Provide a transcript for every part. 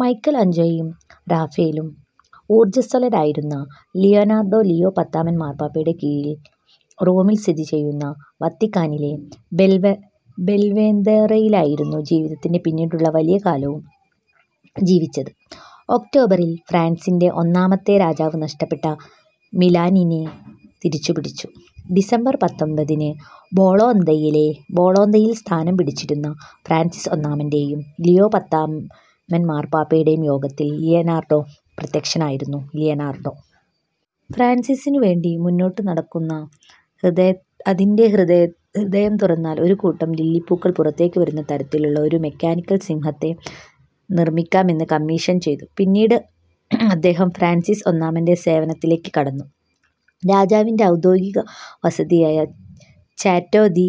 മൈക്കലാഞ്ചലോയും റാഫേലും ഊർജസ്വലരായിരുന്ന Leonardo Leo പത്താമൻ മാർപാപ്പയുടെ കീഴിൽ റോമിൽ സ്ഥിതിചെയ്യുന്ന വത്തിക്കാനിലെ ബെൽവെദെറെയിലായിരുന്നു ജീവിതത്തിൻ്റെ പിന്നീടുള്ള വലിയ കാലവും ജീവിച്ചത്. ഒക്ടോബറിൽ ഫ്രാൻസിൻ്റെ ഒന്നാമത്തെ രാജാവ് നഷ്ടപ്പെട്ട മിലാനിനെ തിരിച്ചുപിടിച്ചു. ഡിസംബർ പത്തൊമ്പതിന് ബൊളോഗ്നയിൽ സ്ഥാനം പിടിച്ചെടുത്തിരുന്ന ഫ്രാൻസിസ് ഒന്നാമൻ്റെ യും ലിയോ പത്താമൻ മാർപാപ്പയുടെയും യോഗത്തിൽ ലിയനാർഡോ പ്രത്യക്ഷനായിരുന്നു. ലിയനാർഡോ ഫ്രാൻസിസിനുവേണ്ടി മുന്നോട്ടു നടക്കുന്ന, അതിൻ്റെ ഹൃദയം തുറന്നാൽ ഒരു കൂട്ടം ലില്ലിപ്പൂക്കൾ പുറത്തേക്ക് വരുന്ന തരത്തിലുള്ള ഒരു മെക്കാനിക്കൽ സിംഹത്തെ നിർമ്മിക്കാമെന്ന് കമ്മീഷൻ ചെയ്തു. പിന്നീട് അദ്ദേഹം ഫ്രാൻസിസ് ഒന്നാമൻ്റെ സേവനത്തിലേക്ക് കടന്നു. രാജാവിൻ്റെ ഔദ്യോഗിക വസതിയായ ചാറ്റോ ദ്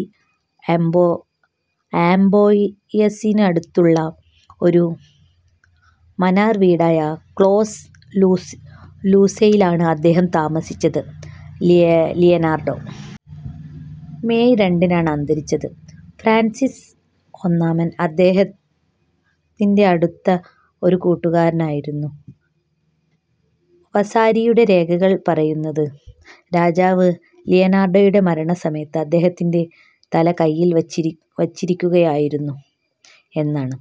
ആംബോയസിനടുത്തുള്ള ഒരു മാനർ വീടായ ക്ലോസ് ലൂസെയിലാണ് അദ്ദേഹം താമസിച്ചത്. ലിയനാർഡോ മേയ് രണ്ടിനാണ് അന്തരിച്ചത്. ഫ്രാൻസിസ് ഒന്നാമൻ അദ്ദേഹത്തിൻ്റെ അടുത്ത ഒരു കൂട്ടുകാരനായിരുന്നു. വാസരിയുടെ രേഖകൾ പറയുന്നത്, രാജാവ് ലിയനാർഡോയുടെ മരണസമയത്ത് അദ്ദേഹത്തിൻ്റെ തല കൈയിൽ വച്ചിരിക്കുകയായിരുന്നു എന്നാണ്.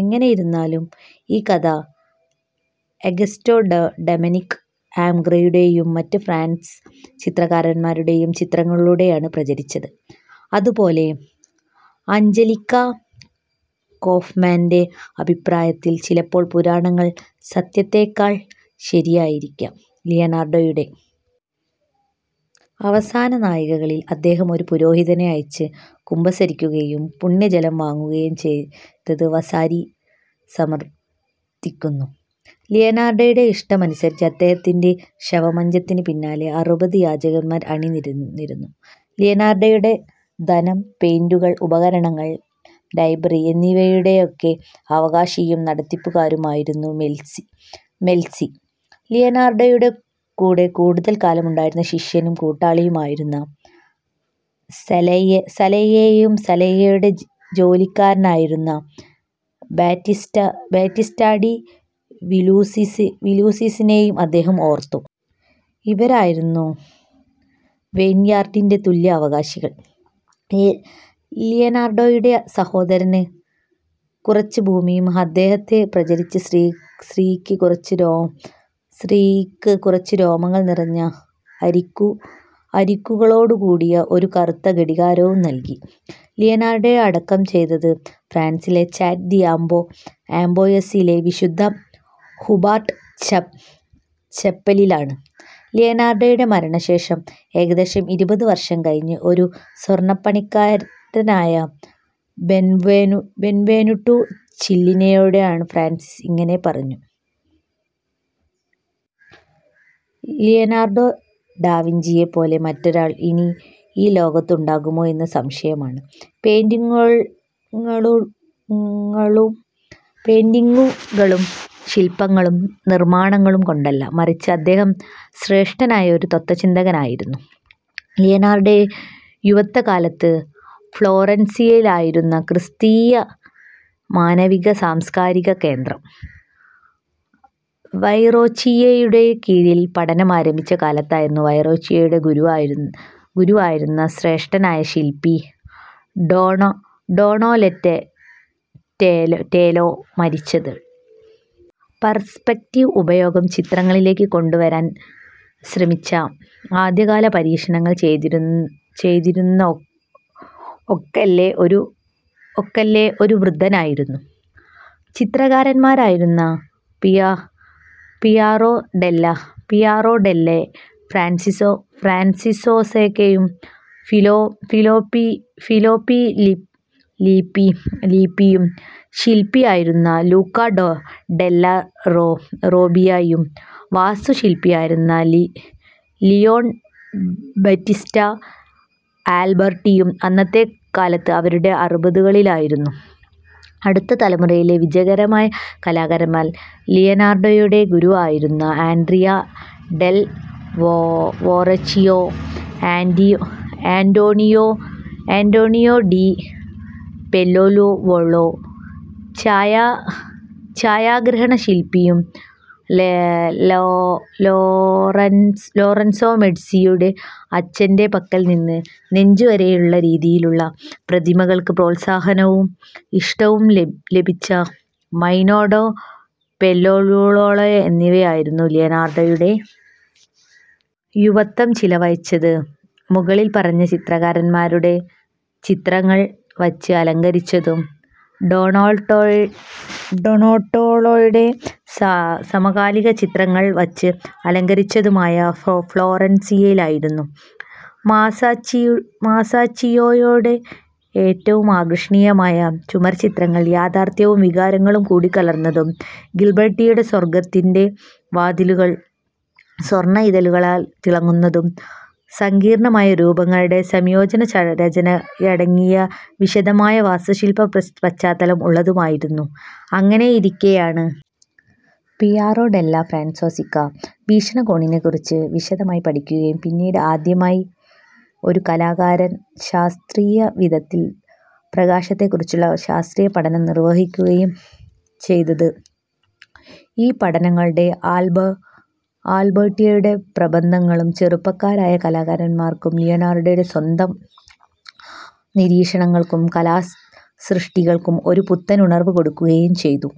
എങ്ങനെയിരുന്നാലും ഈ കഥ അഗസ്റ്റേ ഡൊമിനിക് ആംഗ്രയുടെയും മറ്റ് ഫ്രഞ്ച് ചിത്രകാരന്മാരുടെയും ചിത്രങ്ങളിലൂടെയാണ് പ്രചരിച്ചത്. അതുപോലെ ആഞ്ചലിക്ക കോഫ്മാൻ്റെ അഭിപ്രായത്തിൽ ചിലപ്പോൾ പുരാണങ്ങൾ സത്യങ്ങളേക്കാൾ ശരിയായിരിക്കാം. ലിയനാർഡോയുടെ അവസാന നാഴികകളിൽ അദ്ദേഹം ഒരു പുരോഹിതനെ അയച്ച് കുമ്പസാരിക്കുകയും പുണ്യജലം വാങ്ങുകയും ചെയ്തെന്ന് വാസരി സമർത്ഥിക്കുന്നു. ലിയനാർഡോയുടെ ഇഷ്ടം അനുസരിച്ച് അദ്ദേഹത്തിൻ്റെ ശവമഞ്ചത്തിന് പിന്നാലെ അറുപത് യാചകന്മാർ അണിനിരന്നു. ലിയനാർഡോയുടെ ധനം, പെയിന്റിങ്ങുകൾ, ഉപകരണങ്ങൾ, ലൈബ്രറി എന്നിവയുടെയൊക്കെ അവകാശിയും നടത്തിപ്പുകാരനുമായിരുന്നു മെൽസി. ലിയനാർഡോയുടെ കൂടെ കൂടുതൽ കാലം ഉണ്ടായിരുന്ന ശിഷ്യനും കൂട്ടാളിയും ആയിരുന്ന സാലൈയെയും സാലൈയുടെ ജോലിക്കാരനായിരുന്ന ബാറ്റിസ്റ്റാ ഡി വിലുസിസ്സിനെയും അദ്ദേഹം ഓർത്തു. ഇവരായിരുന്നു വൈൻയാർഡിൻ്റെ തുല്യ അവകാശികൾ. ലിയനാർഡോയുടെ സഹോദരന് കുറച്ച് ഭൂമിയും അദ്ദേഹത്തെ പ്രചരിച്ച സ്ത്രീക്ക് ചെറുരോമങ്ങൾ നിറഞ്ഞ അരികുകളോടുകൂടിയ ഒരു കറുത്ത ഘടികാരവും നൽകി. ലിയനാർഡോയെ അടക്കം ചെയ്തത് ഫ്രാൻസിലെ ചാറ്റോ ദ് ആംബോയസിലെ വിശുദ്ധ ഹുബർട്ട് ചപ്പലിലാണ്. ലിയനാർഡോയുടെ മരണത്തിനുശേഷം ഏകദേശം ഇരുപത് വർഷം കഴിഞ്ഞ് ഒരു സ്വർണപ്പണിക്കാരനായ ബെൻവെനുട്ടോ ചെല്ലിനിയോട് ഫ്രാൻസിസ് ഇങ്ങനെ പറഞ്ഞു. ലിയനാർഡോ ഡാവിഞ്ചിയെ പോലെ മറ്റൊരാൾ ഇനി ഈ ലോകത്തുണ്ടാകുമോ എന്ന് സംശയമാണ്. പെയിന്റിങ്ങുകളും ശിൽപ്പങ്ങളും നിർമ്മാണങ്ങളും കൊണ്ടല്ല, മറിച്ച് അദ്ദേഹം ശ്രേഷ്ഠനായ ഒരു തത്ത്വചിന്തകനായിരുന്നു. ലിയനാർഡോയുടെ യുവത്വകാലത്ത് ഫ്ലോറൻസായിരുന്നു ക്രിസ്തീയ മാനവീയ സാംസ്കാരിക കേന്ദ്രം. വെറോച്ചിയോയുടെ കീഴിൽ പഠനം ആരംഭിച്ച കാലത്തായിരുന്നു വെറോച്ചിയോയുടെ ഗുരുവായിരുന്ന ശ്രേഷ്ഠനായ ശിൽപ്പി ഡോനോ ലെറ്റെലോ മരിച്ചത്. പെർസ്പെക്റ്റീവ് ഉപയോഗം ചിത്രങ്ങളിലേക്ക് കൊണ്ടുവരാൻ ശ്രമിച്ച ആദ്യകാല പരീക്ഷണങ്ങൾ ചെയ്തിരുന്ന ഉക്കെല്ലോ ഒരു വൃദ്ധനായിരുന്നു. ചിത്രകാരന്മാരായിരുന്ന പിയറോ ഡെല്ലാ ഫ്രാൻസെസ്കയും ഫിലിപ്പോ ലിപ്പിയും, ശിൽപ്പിയായിരുന്ന ലൂക്കാ ഡെല്ലാ റോബിയയും, വാസ്തുശിൽപ്പിയായിരുന്ന ലിയോൺ ബാറ്റിസ്റ്റാ ആൽബെർട്ടിയും അന്നത്തെ കാലത്ത് അവരുടെ അറുപതുകളിലായിരുന്നു. അടുത്ത തലമുറയിലെ വിജയകരമായ കലാകാരന്മാർ ലിയനാർഡോയുടെ ഗുരുവായിരുന്ന Andrea del Verrocchio, Antonio di Pollaiuolo, ചായാഗ്രഹണ ശിൽപ്പിയും ലോറൻസോ മെഡികിയുടെ അച്ഛൻ്റെ പക്കൽ നിന്ന് നെഞ്ചുവരെയുള്ള രീതിയിലുള്ള പ്രതിമകൾക്ക് പ്രോത്സാഹനവും ഇഷ്ടവും ലഭിച്ച മൈനോ ഡാ പോല്ലായുവോളോ എന്നിവരായിരുന്നു. ലിയനാർഡോയുടെ യുവത്വം ചിലവഴിച്ചത് മുകളിൽ പറഞ്ഞ ചിത്രകാരന്മാരുടെ ചിത്രങ്ങൾ വച്ച് അലങ്കരിച്ചതും ഡൊണാറ്റെലോയുടെ സമകാലിക ചിത്രങ്ങൾ വച്ച് അലങ്കരിച്ചതുമായ ഫ്ലോറൻസിലായിരുന്നു. മാസാച്ചിയോയുടെ ഏറ്റവും ആകർഷണീയമായ ചുമർചിത്രങ്ങൾ യാഥാർത്ഥ്യവും വികാരങ്ങളും കൂടി കലർന്നതും ഗിബർട്ടിയുടെ സ്വർഗ്ഗത്തിൻ്റെ വാതിലുകൾ സ്വർണ ഇതളുകളാൽ തിളങ്ങുന്നതും സങ്കീർണ്ണമായ രൂപങ്ങളുടെ സംയോജനരചനയടങ്ങിയ വിശദമായ വാസ്തുശിൽപ്പ പശ്ചാത്തലം ഉള്ളതുമായിരുന്നു. അങ്ങനെയിരിക്കെയാണ് പിയറോ ഡെല്ലാ ഫ്രാൻസെസ്ക വീക്ഷണകോണിനെ കുറിച്ച് വിശദമായി പഠിക്കുകയും പിന്നീട് ആദ്യമായി ഒരു കലാകാരൻ ശാസ്ത്രീയ വിധത്തിൽ പ്രകാശത്തെക്കുറിച്ചുള്ള ശാസ്ത്രീയ പഠനം നിർവഹിക്കുകയും ചെയ്തത്. ഈ പഠനങ്ങളും ആൽബെർട്ടിയുടെ പ്രബന്ധങ്ങളും ചെറുപ്പക്കാരായ കലാകാരന്മാർക്കും ലിയനാർഡോയുടെ സ്വന്തം നിരീക്ഷണങ്ങൾക്കും കലാസൃഷ്ടികൾക്കും ഒരു പുത്തൻ ഉണർവ് കൊടുക്കുകയും ചെയ്തു.